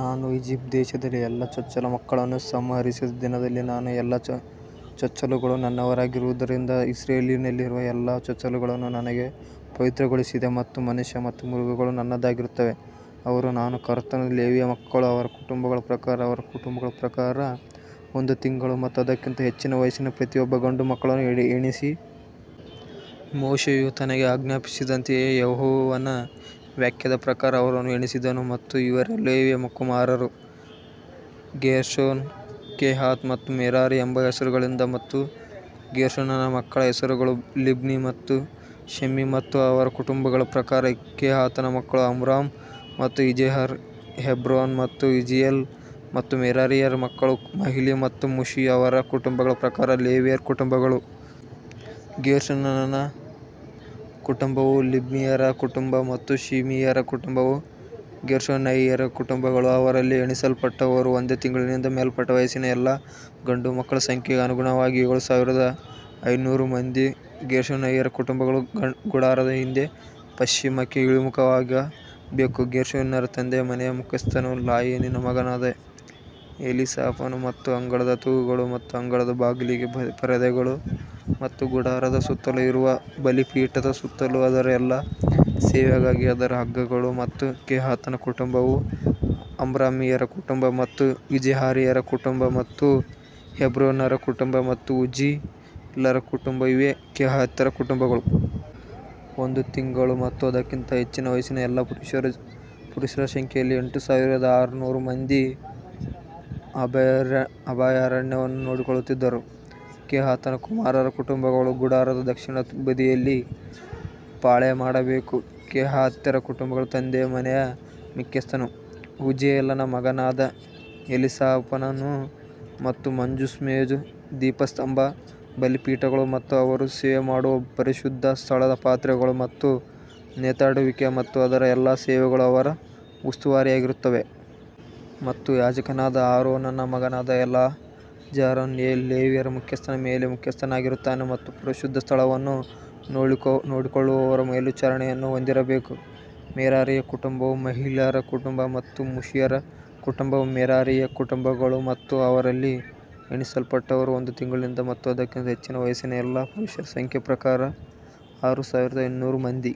ನಾನು ಈಜಿಪ್ಟ್ ದೇಶದಲ್ಲಿ ಎಲ್ಲಾ ಚೊಚ್ಚಲ ಮಕ್ಕಳನ್ನು ಸಂಹರಿಸಿದ ದಿನದಲ್ಲಿ ನಾನು ಎಲ್ಲಾ ಚೊಚ್ಚಲುಗಳು ನನ್ನವರಾಗಿರುವದರಿಂದ ಇಸ್ರಾಯೇಲಿನಲ್ಲಿರುವ ಎಲ್ಲಾ ಚೊಚ್ಚಲುಗಳನ್ನು ನನಗೆ ಪವಿತ್ರಗೊಳಿಸಿದೆ ಮತ್ತು ಮನುಷ್ಯ ಮತ್ತು ಮೃಗಗಳು ನನ್ನದಾಗಿರುತ್ತವೆ, ಅವರು ನಾನು ಕರ್ತನು. ಲೇವಿಯ ಮಕ್ಕಳನ್ನು ಅವರ ಕುಟುಂಬಗಳ ಪ್ರಕಾರ ಅವರ ಕುಟುಂಬಗಳ ಪ್ರಕಾರ ಒಂದು ತಿಂಗಳು ಮತ್ತು ಅದಕ್ಕಿಂತ ಹೆಚ್ಚಿನ ವಯಸ್ಸಿನ ಪ್ರತಿಯೊಬ್ಬ ಗಂಡು ಮಕ್ಕಳನ್ನು ಎಣಿಸಿ. ಮೋಶೆಯು ತನಗೆ ಆಜ್ಞಾಪಿಸಿದಂತೆಯೇ ಯೆಹೋವನ ವಾಕ್ಯದ ಪ್ರಕಾರ ಅವರನ್ನು ಎಣಿಸಿದನು ಮತ್ತು ಇವರೇ ಲೇವಿಯ ಕುಮಾರರು ಗೇರ್ಷೋನ್, ಕೆಹಾತ್ ಮತ್ತು ಮೆರಾರಿ ಎಂಬ ಹೆಸರುಗಳಿಂದ ಮತ್ತು ಗೇರ್ಷೋನನ ಮಕ್ಕಳ ಹೆಸರುಗಳು ಲಿಬ್ನಿ ಮತ್ತು ಶಿಮ್ಮೀ ಮತ್ತು ಅವರ ಕುಟುಂಬಗಳ ಪ್ರಕಾರ ಕೆಹಾತನ ಮಕ್ಕಳು ಅಮ್ರಾಮ್ ಮತ್ತು ಇಜೆಹರ್ ಹೆಬ್ರೋನ್ ಮತ್ತು ಉಜ್ಜೀಯೇಲ್ ಮತ್ತು ಮೆರಾರಿಯ ಮಕ್ಕಳು ಮಹ್ಲಿ ಮತ್ತು ಮೂಷಿ ಅವರ ಕುಟುಂಬಗಳ ಪ್ರಕಾರ ಲೇವಿಯರ ಕುಟುಂಬಗಳು. ಗೇರ್ಷೋನನ ಕುಟುಂಬವು ಲಿಬ್ನಿಯರ ಕುಟುಂಬ ಮತ್ತು ಶಿಮಿಯರ ಕುಟುಂಬವು ಗೇರ್ಷೋನ್ಯರ ಕುಟುಂಬಗಳು. ಅವರಲ್ಲಿ ಎಣಿಸಲ್ಪಟ್ಟವರು ಒಂದು ತಿಂಗಳಿನಿಂದ ಮೇಲ್ಪಟ್ಟ ವಯಸ್ಸಿನ ಎಲ್ಲಾ ಗಂಡುಮಕ್ಕಳ ಸಂಖ್ಯೆಗೆ ಅನುಗುಣವಾಗಿ ಏಳು ಸಾವಿರದ ಐನೂರು ಮಂದಿ. ಗೇರ್ಷೋನ್ಯರ ಕುಟುಂಬಗಳು ಗುಡಾರದ ಹಿಂದೆ ಪಶ್ಚಿಮಕ್ಕೆ ಇಳಿಮುಖವಾಗಬೇಕು ಗೇರ್ಷೋನ್ಯರ ತಂದೆಯ ಮನೆಯ ಮುಖ್ಯಸ್ಥನು ಲಾಯೇಲನ ಮಗನಾದ ಎಲೀಸಾಫನು ಮತ್ತು ಅಂಗಳದ ತೂಗುಗಳು ಮತ್ತು ಅಂಗಳದ ಬಾಗಿಲಿಗೆ ಪರದೆಗಳು ಮತ್ತು ಗುಡಾರದ ಸುತ್ತಲೂ ಇರುವ ಬಲಿಪೀಠದ ಸುತ್ತಲೂ ಅದರ ಎಲ್ಲಾ ಸೇವೆಗಾಗಿ ಅದರ ಹಗ್ಗಗಳು ಮತ್ತು ಕೆಹಾತನ ಕುಟುಂಬವು ಅಮ್ರಾಮಿಯರ ಕುಟುಂಬ ಮತ್ತು ಇಜೆಹಾರಿಯರ ಕುಟುಂಬ ಮತ್ತು ಹೆಬ್ರೋನ್ಯರ ಕುಟುಂಬ ಮತ್ತು ಉಜ್ಜೀಲ್ಯರ ಕುಟುಂಬ ಇವೇ ಕೆಹಾತ್ಯರ ಕುಟುಂಬಗಳು. ಒಂದು ತಿಂಗಳು ಮತ್ತು ಅದಕ್ಕಿಂತ ಹೆಚ್ಚಿನ ವಯಸ್ಸಿನ ಎಲ್ಲಾ ಪುರುಷರ ಸಂಖ್ಯೆಯಲ್ಲಿ ಎಂಟು ಸಾವಿರದ ಆರು ನೂರು ಮಂದಿ ಅಭಯಾರಣ್ಯವನ್ನು ನೋಡಿಕೊಳ್ಳುತ್ತಿದ್ದರು. ಕೆಹಾತನ ಕುಮಾರರ ಕುಟುಂಬಗಳು ಗುಡಾರದ ದಕ್ಷಿಣದ ಬದಿಯಲ್ಲಿ ಪಾಳೆಯಮಾಡಬೇಕು ಕೆಹಾತ್ಯರ ಕುಟುಂಬಗಳ ತಂದೆಯ ಮನೆಯ ಮುಖ್ಯಸ್ಥನು ಉಜ್ಜೀಯೇಲನ ಮಗನಾದ ಎಲೀಸಾಫಾನನು. ಮತ್ತು ಮಂಜೂಷ, ಮೇಜು, ದೀಪಸ್ತಂಭ, ಬಲಿಪೀಠಗಳು ಮತ್ತು ಅವರು ಸೇವೆ ಮಾಡುವ ಪರಿಶುದ್ಧ ಸ್ಥಳದ ಪಾತ್ರೆಗಳು ಮತ್ತು ನೇತಾಡುವಿಕೆ ಮತ್ತು ಅದರ ಎಲ್ಲಾ ಸೇವೆಗಳು ಅವರ ಉಸ್ತುವಾರಿಯಾಗಿರುತ್ತವೆ. ಮತ್ತು ಯಾಜಕನಾದ ಆರೋನನ ಮಗನಾದ ಎಲ್ಲಾಜಾರನು ಲೇವಿಯರ ಮುಖ್ಯಸ್ಥನ ಮೇಲೆ ಮುಖ್ಯಸ್ಥನಾಗಿರುತ್ತಾನೆ ಮತ್ತು ಪರಿಶುದ್ಧ ಸ್ಥಳವನ್ನು ನೋಡಿಕೊಳ್ಳುವವರ ಮೇಲ್ವಿಚಾರಣೆಯನ್ನು ಹೊಂದಿರಬೇಕು. ಮೆರಾರಿಯ ಕುಟುಂಬವು ಮಹ್ಲೀಯರ ಕುಟುಂಬ ಮತ್ತು ಮೂಷಿಯರ ಕುಟುಂಬವು ಮೆರಾರಿಯ ಕುಟುಂಬಗಳು. ಮತ್ತು ಅವರಲ್ಲಿ ಎಣಿಸಲ್ಪಟ್ಟವರು ಒಂದು ತಿಂಗಳಿನಿಂದ ಮತ್ತು ಅದಕ್ಕಿಂತ ಹೆಚ್ಚಿನ ವಯಸ್ಸಿನ ಎಲ್ಲಾ ಪುರುಷರ ಸಂಖ್ಯೆಯ ಪ್ರಕಾರ ಆರು ಸಾವಿರದ ಇನ್ನೂರು ಮಂದಿ.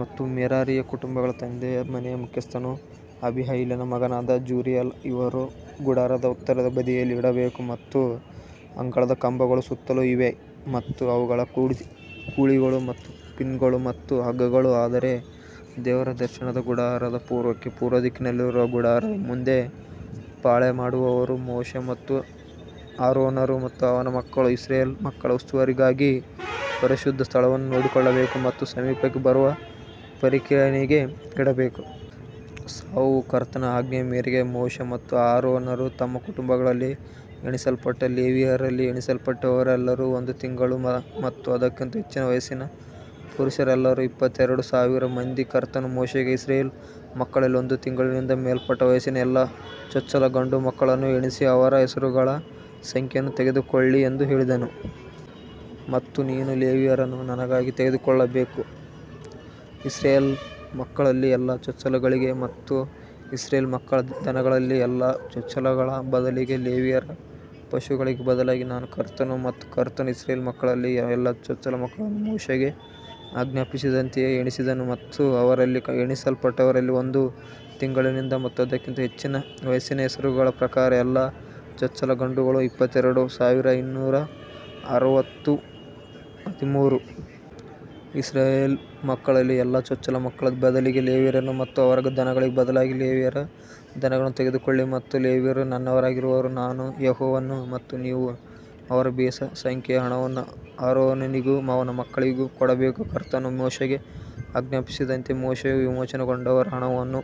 ಮತ್ತು ಮೆರಾರಿಯ ಕುಟುಂಬಗಳ ತಂದೆಯ ಮನೆಯ ಮುಖ್ಯಸ್ಥನು ಅಬೀಹೈಲನ ಮಗನಾದ ಜುರಿಯಲ್, ಇವರು ಗುಡಾರದ ಉತ್ತರದ ಬದಿಯಲ್ಲಿ ಇಡಬೇಕು. ಮತ್ತು ಅಂಗಳದ ಕಂಬಗಳು ಸುತ್ತಲೂ ಇವೆ ಮತ್ತು ಅವುಗಳ ಕುಳಿಗಳು ಮತ್ತು ಪಿನ್ಗಳು ಮತ್ತು ಹಗ್ಗಗಳು ಆದರೆ ದೇವದರ್ಶನದ ಗುಡಾರದ ಪೂರ್ವಕ್ಕೆ ಪೂರ್ವದಿಕ್ಕಿನಲ್ಲಿರುವ ಗುಡಾರದ ಮುಂದೆ ಪಾಳೆಯಮಾಡುವವರು ಮೋಶೆ ಮತ್ತು ಆರೋನರು ಮತ್ತು ಅವನ ಮಕ್ಕಳು ಇಸ್ರಾಯೇಲ್ ಮಕ್ಕಳ ಉಸ್ತುವಾರಿಗಾಗಿ ಪರಿಶುದ್ಧ ಸ್ಥಳವನ್ನು ನೋಡಿಕೊಳ್ಳಬೇಕು ಮತ್ತು ಸಮೀಪಕ್ಕೆ ಬರುವ ಪರಕೀಯನಿಗೆ ಇಡಬೇಕು. ಸಾವು ಕರ್ತನ ಆಜ್ಞೆಯ ಮೇರೆಗೆ ಮೋಶೆ ಮತ್ತು ಆರೋನರು ತಮ್ಮ ಕುಟುಂಬಗಳಲ್ಲಿ ಎಣಿಸಲ್ಪಟ್ಟ ಲೇವಿಯರಲ್ಲಿ ಎಣಿಸಲ್ಪಟ್ಟವರೆಲ್ಲರೂ ಒಂದು ತಿಂಗಳು ಮತ್ತು ಅದಕ್ಕಿಂತ ಹೆಚ್ಚಿನ ವಯಸ್ಸಿನ ಪುರುಷರೆಲ್ಲರೂ ಇಪ್ಪತ್ತೆರಡು ಸಾವಿರ ಮಂದಿ. ಕರ್ತನು ಮೋಶೆಗೆ ಇಸ್ರಾಯೇಲ್ ಮಕ್ಕಳಲ್ಲಿ ಒಂದು ತಿಂಗಳಿಂದ ಮೇಲ್ಪಟ್ಟ ವಯಸ್ಸಿನ ಎಲ್ಲಾ ಚೊಚ್ಚಲ ಗಂಡುಮಕ್ಕಳನ್ನು ಎಣಿಸಿ ಅವರ ಹೆಸರುಗಳ ಸಂಖ್ಯೆಯನ್ನು ತೆಗೆದುಕೊಳ್ಳಿ ಎಂದು ಹೇಳಿದನು. ಮತ್ತು ನೀನು ಲೇವಿಯರನ್ನು ನನಗಾಗಿ ತೆಗೆದುಕೊಳ್ಳಬೇಕು, ಇಸ್ರಾಯೇಲ್ ಮಕ್ಕಳಲ್ಲಿ ಎಲ್ಲಾ ಚೊಚ್ಚಲುಗಳಿಗೆ ಮತ್ತು ಇಸ್ರಾಯೇಲ್ ಮಕ್ಕಳ ದನಗಳಲ್ಲಿ ಎಲ್ಲಾ ಚೊಚ್ಚಲುಗಳ ಬದಲಿಗೆ ಲೇವಿಯರ ಪಶುಗಳಿಗೆ ಬದಲಾಗಿ ನಾನು ಕರ್ತನು. ಮತ್ತು ಕರ್ತನು ಇಸ್ರಾಯೇಲ್ ಮಕ್ಕಳಲ್ಲಿ ಎಲ್ಲಾ ಚೊಚ್ಚಲ ಮಕ್ಕಳನ್ನು ಮೋಶೆಗೆ ಆಜ್ಞಾಪಿಸಿದಂತೆಯೇ ಎಣಿಸಿದನು ಮತ್ತು ಅವರಲ್ಲಿ ಎಣಿಸಲ್ಪಟ್ಟವರಲ್ಲಿ ಒಂದು ತಿಂಗಳಿಂದ ಮತ್ತು ಅದಕ್ಕಿಂತ ಹೆಚ್ಚಿನ ವಯಸ್ಸಿನ ಹೆಸರುಗಳ ಪ್ರಕಾರ ಎಲ್ಲಾ ಚೊಚ್ಚಲ ಗಂಡುಗಳು ಇಪ್ಪತ್ತೆರಡು ಸಾವಿರದ ಇನ್ನೂರ ಅರವತ್ತು ಹದಿಮೂರು. ಇಸ್ರಾಯೇಲ್ ಮಕ್ಕಳಲ್ಲಿ ಎಲ್ಲಾ ಚೊಚ್ಚಲ ಮಕ್ಕಳ ಬದಲಿಗೆ ಲೇವಿಯರನ್ನು ಮತ್ತು ಅವರ ದನಗಳಿಗೆ ಬದಲಾಗಿ ಲೇವಿಯರ ದನಗಳನ್ನು ತೆಗೆದುಕೊಳ್ಳಿ ಮತ್ತು ಲೇವಿಯರು ನನ್ನವರಾಗಿರುವರು, ನಾನು ಯೆಹೋವನು ಮತ್ತು ನೀವು ಅವರ ಬೆಸ ಸಂಖ್ಯೆಯ ಹಣವನ್ನು ಆರೋನನಿಗೂ ಅವನ ಮಕ್ಕಳಿಗೂ ಕೊಡಬೇಕು. ಕರ್ತನು ಮೋಶೆಗೆ ಆಜ್ಞಾಪಿಸಿದಂತೆ ಮೋಶೆಯು ವಿಮೋಚನೆಗೊಂಡವರ ಹಣವನ್ನು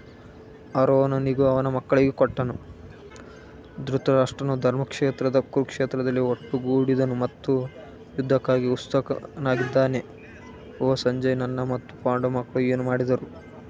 ಆರೋನನಿಗೂ ಅವನ ಮಕ್ಕಳಿಗೂ ಕೊಟ್ಟನು. ಧೃತರಾಷ್ಟ್ರನು ಧರ್ಮಕ್ಷೇತ್ರದ ಕುರುಕ್ಷೇತ್ರದಲ್ಲಿ ಒಟ್ಟುಗೂಡಿದನು ಮತ್ತು ಯುದ್ಧಕ್ಕಾಗಿ ಉತ್ಸುಕನಾಗಿದ್ದೇನೆ ಓ ಸಂಜಯ್ ನನ್ನ ಮತ್ತು ಪಾಂಡು ಮಕ್ಕಳು ಏನು ಮಾಡಿದರು.